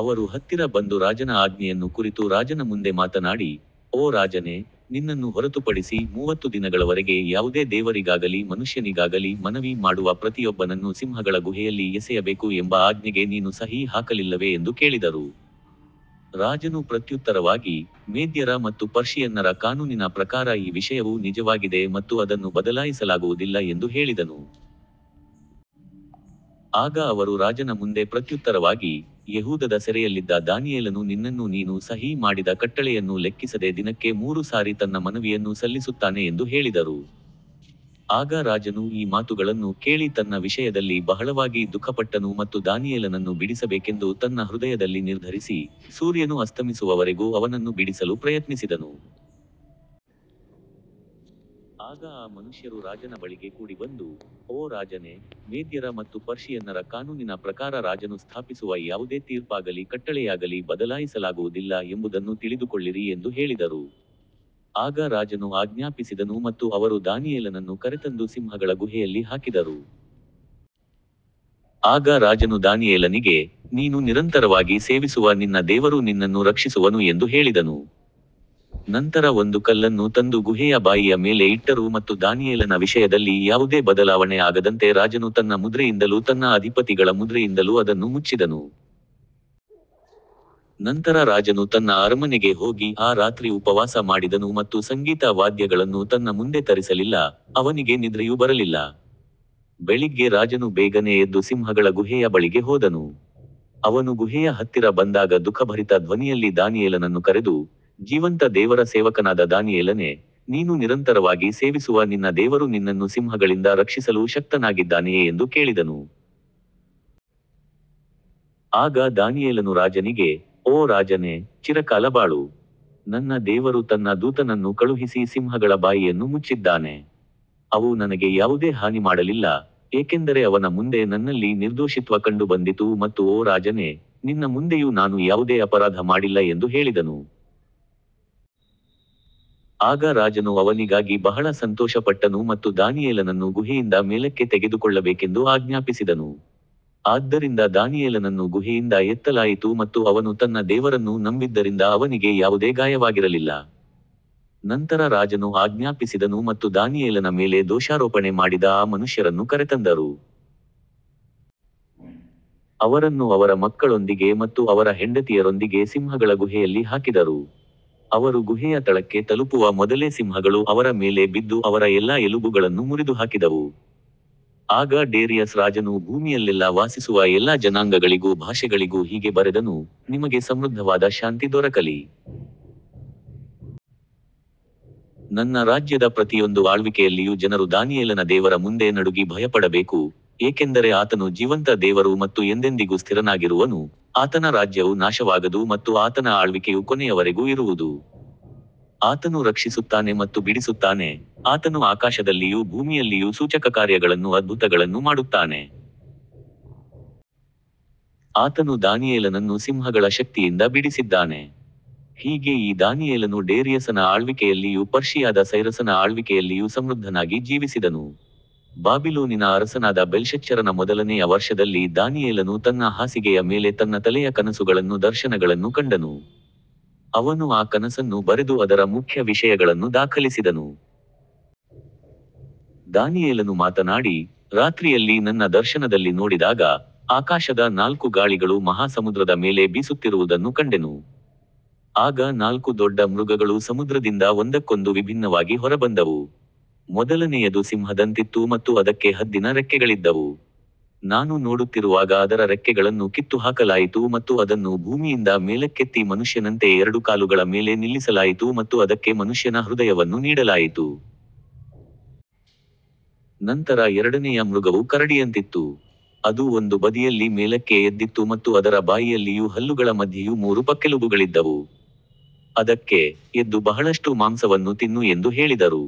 ಅವರು ಹತ್ತಿರ ಬಂದು ರಾಜನ ಆಜ್ಞೆಯನ್ನು ಕುರಿತು ರಾಜನ ಮುಂದೆ ಮಾತನಾಡಿ, ಓ ರಾಜನೇ, ನಿನ್ನನ್ನು ಹೊರತುಪಡಿಸಿ ಮೂವತ್ತು ದಿನಗಳವರೆಗೆ ಯಾವುದೇ ದೇವರಿಗಾಗಲಿ ಮನುಷ್ಯನಿಗಾಗಲಿ ಮನವಿ ಮಾಡುವ ಪ್ರತಿಯೊಬ್ಬನನ್ನೂ ಸಿಂಹಗಳ ಗುಹೆಯಲ್ಲಿ ಎಸೆಯಬೇಕು ಎಂಬ ಆಜ್ಞೆಗೆ ನೀನು ಸಹಿ ಹಾಕಲಿಲ್ಲವೇ ಎಂದು ಕೇಳಿದರು. ರಾಜನು ಪ್ರತ್ಯುತ್ತರವಾಗಿ, ಮೇದ್ಯರ ಮತ್ತು ಪರ್ಷಿಯನ್ನರ ಕಾನೂನಿನ ಪ್ರಕಾರ ಈ ವಿಷಯವು ನಿಜವಾಗಿದೆ ಮತ್ತು ಅದನ್ನು ಬದಲಾಯಿಸಲಾಗುವುದಿಲ್ಲ ಎಂದು ಹೇಳಿದನು. ಆಗ ಅವರು ರಾಜನ ಮುಂದೆ ಪ್ರತ್ಯುತ್ತರವಾಗಿ, ಯೆಹೂದದ ಸೆರೆಯಲ್ಲಿದ್ದ ದಾನಿಯೇಲನು ನಿನ್ನನ್ನೂ ನೀನು ಸಹಿ ಮಾಡಿದ ಕಟ್ಟಳೆಯನ್ನೂ ಲೆಕ್ಕಿಸದೆ ದಿನಕ್ಕೆ ಮೂರು ಸಾರಿ ತನ್ನ ಮನವಿಯನ್ನು ಸಲ್ಲಿಸುತ್ತಾನೆ ಎಂದು ಹೇಳಿದರು. ಆಗ ರಾಜನು ಈ ಮಾತುಗಳನ್ನು ಕೇಳಿ ತನ್ನ ವಿಷಯದಲ್ಲಿ ಬಹಳವಾಗಿ ದುಃಖಪಟ್ಟನು ಮತ್ತು ದಾನಿಯೇಲನನ್ನು ಬಿಡಿಸಬೇಕೆಂದು ತನ್ನ ಹೃದಯದಲ್ಲಿ ನಿರ್ಧರಿಸಿ, ಸೂರ್ಯನು ಅಸ್ತಮಿಸುವವರೆಗೂ ಅವನನ್ನು ಬಿಡಿಸಲು ಪ್ರಯತ್ನಿಸಿದನು. ಆಗ ಆ ಮನುಷ್ಯರು ರಾಜನ ಬಳಿಗೆ ಕೂಡಿಬಂದು, ಓ ರಾಜನೇ, ಮೇದ್ಯರ ಮತ್ತು ಪರ್ಷಿಯನ್ನರ ಕಾನೂನಿನ ಪ್ರಕಾರ ರಾಜನು ಸ್ಥಾಪಿಸುವ ಯಾವುದೇ ತೀರ್ಪಾಗಲಿ ಕಟ್ಟಳೆಯಾಗಲಿ ಬದಲಾಯಿಸಲಾಗುವುದಿಲ್ಲ ಎಂಬುದನ್ನು ತಿಳಿದುಕೊಳ್ಳಿರಿ ಎಂದು ಹೇಳಿದರು. ಆಗ ರಾಜನು ಆಜ್ಞಾಪಿಸಿದನು ಮತ್ತು ಅವರು ದಾನಿಯೇಲನನ್ನು ಕರೆತಂದು ಸಿಂಹಗಳ ಗುಹೆಯಲ್ಲಿ ಹಾಕಿದರು. ಆಗ ರಾಜನು ದಾನಿಯೇಲನಿಗೆ, ನೀನು ನಿರಂತರವಾಗಿ ಸೇವಿಸುವ ನಿನ್ನ ದೇವರು ನಿನ್ನನ್ನು ರಕ್ಷಿಸುವನು ಎಂದು ಹೇಳಿದನು. ನಂತರ ಒಂದು ಕಲ್ಲನ್ನು ತಂದು ಗುಹೆಯ ಬಾಯಿಯ ಮೇಲೆ ಇಟ್ಟರು ಮತ್ತು ದಾನಿಯೇಲನ ವಿಷಯದಲ್ಲಿ ಯಾವುದೇ ಬದಲಾವಣೆ ಆಗದಂತೆ ರಾಜನು ತನ್ನ ಮುದ್ರೆಯಿಂದಲೂ ತನ್ನ ಅಧಿಪತಿಗಳ ಮುದ್ರೆಯಿಂದಲೂ ಅದನ್ನು ಮುಚ್ಚಿದನು. ನಂತರ ರಾಜನು ತನ್ನ ಅರಮನೆಗೆ ಹೋಗಿ ಆ ರಾತ್ರಿ ಉಪವಾಸ ಮಾಡಿದನು ಮತ್ತು ಸಂಗೀತ ವಾದ್ಯಗಳನ್ನು ತನ್ನ ಮುಂದೆ ತರಿಸಲಿಲ್ಲ, ಅವನಿಗೆ ನಿದ್ರೆಯೂ ಬರಲಿಲ್ಲ. ಬೆಳಿಗ್ಗೆ ರಾಜನು ಬೇಗನೆ ಎದ್ದು ಸಿಂಹಗಳ ಗುಹೆಯ ಬಳಿಗೆ ಹೋದನು. ಅವನು ಗುಹೆಯ ಹತ್ತಿರ ಬಂದಾಗ ದುಃಖಭರಿತ ಧ್ವನಿಯಲ್ಲಿ ದಾನಿಯೇಲನನ್ನು ಕರೆದು, ಜೀವಂತ ದೇವರ ಸೇವಕನಾದ ದಾನಿಯೇಲನೇ, ನೀನು ನಿರಂತರವಾಗಿ ಸೇವಿಸುವ ನಿನ್ನ ದೇವರು ನಿನ್ನನ್ನು ಸಿಂಹಗಳಿಂದ ರಕ್ಷಿಸಲು ಶಕ್ತನಾಗಿದ್ದಾನೆಯೇ ಎಂದು ಕೇಳಿದನು. ಆಗ ದಾನಿಯೇಲನು ರಾಜನಿಗೆ, ಓ ರಾಜನೇ, ಚಿರಕಾಲ ಬಾಳು. ನನ್ನ ದೇವರು ತನ್ನ ದೂತನನ್ನು ಕಳುಹಿಸಿ ಸಿಂಹಗಳ ಬಾಯಿಯನ್ನು ಮುಚ್ಚಿದ್ದಾನೆ. ಅವು ನನಗೆ ಯಾವುದೇ ಹಾನಿ ಮಾಡಲಿಲ್ಲ, ಏಕೆಂದರೆ ಅವನ ಮುಂದೆ ನನ್ನಲ್ಲಿ ನಿರ್ದೋಷಿತ್ವ ಕಂಡುಬಂದಿತು ಮತ್ತು ಓ ರಾಜನೇ, ನಿನ್ನ ಮುಂದೆಯೂ ನಾನು ಯಾವುದೇ ಅಪರಾಧ ಮಾಡಿಲ್ಲ ಎಂದು ಹೇಳಿದನು. ಆಗ ರಾಜನು ಅವನಿಗಾಗಿ ಬಹಳ ಸಂತೋಷಪಟ್ಟನು ಮತ್ತು ದಾನಿಯೇಲನನ್ನು ಗುಹೆಯಿಂದ ಮೇಲಕ್ಕೆ ತೆಗೆದುಕೊಳ್ಳಬೇಕೆಂದು ಆಜ್ಞಾಪಿಸಿದನು. ಆದ್ದರಿಂದ ದಾನಿಯೇಲನನ್ನು ಗುಹೆಯಿಂದ ಎತ್ತಲಾಯಿತು ಮತ್ತು ಅವನು ತನ್ನ ದೇವರನ್ನು ನಂಬಿದ್ದರಿಂದ ಅವನಿಗೆ ಯಾವುದೇ ಗಾಯವಾಗಿರಲಿಲ್ಲ. ನಂತರ ರಾಜನು ಆಜ್ಞಾಪಿಸಿದನು ಮತ್ತು ದಾನಿಯೇಲನ ಮೇಲೆ ದೋಷಾರೋಪಣೆ ಮಾಡಿದ ಆ ಮನುಷ್ಯರನ್ನು ಕರೆತಂದರು. ಅವರನ್ನು ಅವರ ಮಕ್ಕಳೊಂದಿಗೆ ಮತ್ತು ಅವರ ಹೆಂಡತಿಯರೊಂದಿಗೆ ಸಿಂಹಗಳ ಗುಹೆಯಲ್ಲಿ ಹಾಕಿದರು. ಅವರು ಗುಹೆಯ ತಳಕ್ಕೆ ತಲುಪುವ ಮೊದಲೇ ಸಿಂಹಗಳು ಅವರ ಮೇಲೆ ಬಿದ್ದು ಅವರ ಎಲ್ಲಾ ಎಲುಬುಗಳನ್ನು ಮುರಿದುಹಾಕಿದವು. ಆಗ ಡೇರಿಯಸ್ ರಾಜನು ಭೂಮಿಯಲ್ಲೆಲ್ಲಾ ವಾಸಿಸುವ ಎಲ್ಲಾ ಜನಾಂಗಗಳಿಗೂ ಭಾಷೆಗಳಿಗೂ ಹೀಗೆ ಬರೆದನು, ನಿಮಗೆ ಸಮೃದ್ಧವಾದ ಶಾಂತಿ ದೊರಕಲಿ. ನನ್ನ ರಾಜ್ಯದ ಪ್ರತಿಯೊಂದು ಆಳ್ವಿಕೆಯಲ್ಲಿಯೂ ಜನರು ದಾನಿಯೇಲನ ದೇವರ ಮುಂದೆ ನಡುಗಿ ಭಯಪಡಬೇಕು, ಏಕೆಂದರೆ ಆತನು ಜೀವಂತ ದೇವರು ಮತ್ತು ಎಂದೆಂದಿಗೂ ಸ್ಥಿರನಾಗಿರುವನು, ಆತನ ರಾಜ್ಯವು ನಾಶವಾಗದು ಮತ್ತು ಆತನ ಆಳ್ವಿಕೆಯು ಕೊನೆಯವರೆಗೂ ಇರುವುದು. ಆತನು ರಕ್ಷಿಸುತ್ತಾನೆ ಮತ್ತು ಬಿಡಿಸುತ್ತಾನೆ, ಆತನು ಆಕಾಶದಲ್ಲಿಯೂ ಭೂಮಿಯಲ್ಲಿಯೂ ಸೂಚಕಕಾರ್ಯಗಳನ್ನೂ ಅದ್ಭುತಗಳನ್ನೂ ಮಾಡುತ್ತಾನೆ. ಆತನು ದಾನಿಯೇಲನನ್ನು ಸಿಂಹಗಳ ಶಕ್ತಿಯಿಂದ ಬಿಡಿಸಿದ್ದಾನೆ. ಹೀಗೆ ಈ ದಾನಿಯೇಲನು ಡೇರಿಯಸನ ಆಳ್ವಿಕೆಯಲ್ಲಿಯೂ ಪರ್ಷಿಯಾದ ಸೈರಸನ ಆಳ್ವಿಕೆಯಲ್ಲಿಯೂ ಸಮೃದ್ಧನಾಗಿ ಜೀವಿಸಿದನು. ಬಾಬಿಲೋನಿನ ಅರಸನಾದ ಬೆಲ್ಶಚ್ಚರನ ಮೊದಲನೆಯ ವರ್ಷದಲ್ಲಿ ದಾನಿಯೇಲನು ತನ್ನ ಹಾಸಿಗೆಯ ಮೇಲೆ ತನ್ನ ತಲೆಯ ಕನಸುಗಳನ್ನೂ ದರ್ಶನಗಳನ್ನೂ ಕಂಡನು. ಅವನು ಆ ಕನಸನ್ನು ಬರೆದು ಅದರ ಮುಖ್ಯ ವಿಷಯಗಳನ್ನು ದಾಖಲಿಸಿದನು. ದಾನಿಯೇಲನು ಮಾತನಾಡಿ, ರಾತ್ರಿಯಲ್ಲಿ ನನ್ನ ದರ್ಶನದಲ್ಲಿ ನೋಡಿದಾಗ, ಆಕಾಶದ ನಾಲ್ಕು ಗಾಳಿಗಳು ಮಹಾ ಸಮುದ್ರದ ಮೇಲೆ ಬೀಸುತ್ತಿರುವುದನ್ನು ಕಂಡೆನು. ಆಗ ನಾಲ್ಕು ದೊಡ್ಡ ಮೃಗಗಳು ಸಮುದ್ರದಿಂದ ಒಂದಕ್ಕೊಂದು ವಿಭಿನ್ನವಾಗಿ ಹೊರಬಂದವು. ಮೊದಲನೆಯದು ಸಿಂಹದಂತಿತ್ತು ಮತ್ತು ಅದಕ್ಕೆ ಹದ್ದಿನ ರೆಕ್ಕೆಗಳಿದ್ದವು. ನಾನು ನೋಡುತ್ತಿರುವಾಗ ಅದರ ರೆಕ್ಕೆಗಳನ್ನು ಕಿತ್ತುಹಾಕಲಾಯಿತು ಮತ್ತು ಅದನ್ನು ಭೂಮಿಯಿಂದ ಮೇಲಕ್ಕೆತ್ತಿ ಮನುಷ್ಯನಂತೆ ಎರಡು ಕಾಲುಗಳ ಮೇಲೆ ನಿಲ್ಲಿಸಲಾಯಿತು ಮತ್ತು ಅದಕ್ಕೆ ಮನುಷ್ಯನ ಹೃದಯವನ್ನು ನೀಡಲಾಯಿತು. ನಂತರ ಎರಡನೆಯ ಮೃಗವು ಕರಡಿಯಂತಿತ್ತು. ಅದು ಒಂದು ಬದಿಯಲ್ಲಿ ಮೇಲಕ್ಕೆ ಎದ್ದಿತ್ತು ಮತ್ತು ಅದರ ಬಾಯಿಯಲ್ಲಿಯೂ ಹಲ್ಲುಗಳ ಮಧ್ಯೆಯೂ ಮೂರು ಪಕ್ಕೆಲುಬುಗಳಿದ್ದವು. ಅದಕ್ಕೆ, ಎದ್ದು ಬಹಳಷ್ಟು ಮಾಂಸವನ್ನು ತಿನ್ನು ಎಂದು ಹೇಳಿದರು.